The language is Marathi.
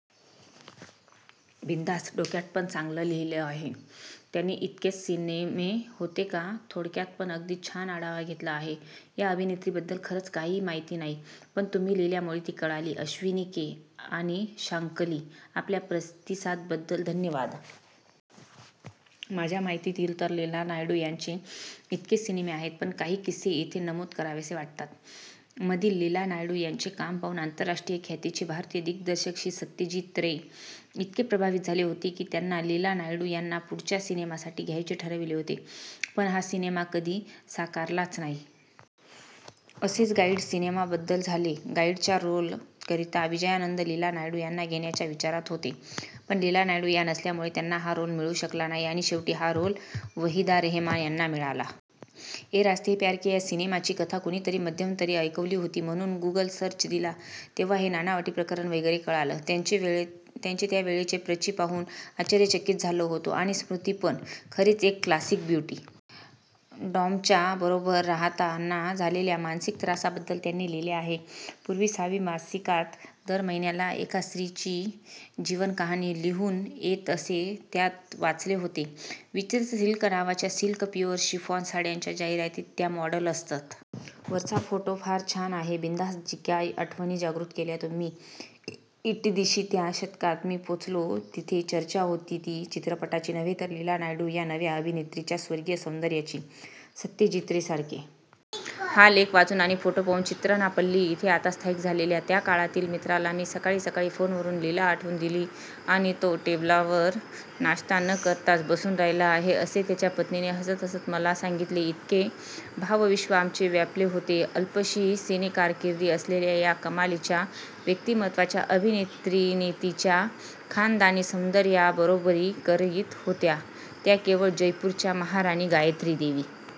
बिनधास्त, थोडक्यात पण चांगलं लिहिलं आहे. त्यांचे इतकेच सिनेमे होते का? थोडक्यात पण अगदी छान आढावा घेतला आहे. ह्या अभिनेत्रीबद्दल खरंच काहीही माहिती नाही. पण तुम्ही लिहिल्यामुळे ती कळाली. अश्विनि के. आणि शांकली, आपल्या प्रतिसाद बद्दल धन्यवाद! माझ्या माहितीतील तर लीला नायडू यांचे इतकेच सिनेमे आहेत. पण काही किस्से इथे नमूद करावेसे वाटतात! '' मधील लीला नायडू यांचे काम पाहून अंतरराष्ट्रीय ख्यातीचे भारतीय दिग्दर्शक श्री सत्यजित रे इतके प्रभावित झाले होते कि त्यांनी लीला नायडू याना पुढच्या सिनेमा साठी घ्यायचे ठरविले होते पण हा सिनेमा कधी साकारालाच नाही! असेच 'गाईड' सिनेमा बद्दल झाले गाईडच्या रोल करीता विजयानंद लीला नायडू याना घेण्याच्या विचारात होते. पण लीला नायडू या नसल्यामुळे त्यांना हा रोल मिळू शकला नाही आणि शेवटी हा रोल वहिदा रेहमान यांना मिळाला! ये रास्ते है प्यार के या सिनेमाची कथा कुणीतरी मध्यंतरी ऐकवली होती म्हणून गूगल सर्च दिला तेव्हां हे नानावटी प्रकरण वगैरे कळालं. त्यांचे त्यावेळचे प्रचि पाहून आश्चर्यचकित झालो होतो. आणि स्मृती पण. खरेच एक क्लासिक ब्युटी. डॉमच्या बरोबर राहताना झालेल्या मानसिक त्रासा बद्दल त्यांनि लिहीले आहे. पूर्वी सावी मासिकात दर महिन्याला एका स्त्रीची जीवनकहाणी लिहून येत असे त्यात वाचले होते. विचित्र सिल्क नावाच्या सिल्क/ प्युअर शिफॉन साड्यांच्या जाहिरातीत त्या मॉडेल असत. वरचा फोटो फार छान आहे. बिनधास्त जीकाय आठवणी जागृत केल्या तुम्ही! झटदिशी त्या दशकात मी पोचलो जिथे चर्चा होती ती चित्रपटाची नव्हे तर 'लीला नायडू' या नव्या अभिनेत्रीच्या स्वर्गीय सौंदर्याची. सत्यजीत रे सारखे हा लेख वाचून आणि फोटो पाहून त्रिचन्नापल्ली इथे आता स्थायिक झालेल्या 'त्या' काळातील मित्राला मी सकाळीसकाळी फोनवरून 'लीला' आठवून दिलीआणि तो टेबलवर नाष्टा न करताच बसून राहिला आहे असे त्याच्या पत्नीने हसतहसत मला सांगितलेइतके भावविश्व आमचे व्यापले होते अल्पशी सिनेकारकिर्द असलेल्या या कमालीच्या व्यक्तिमत्वाच्या अभिनेत्रीनेतिच्या खानदानी सौंदर्याची बरोबरी करीत होत्या त्या केवळ जयपूरच्या महाराणी गायत्रीदेवी.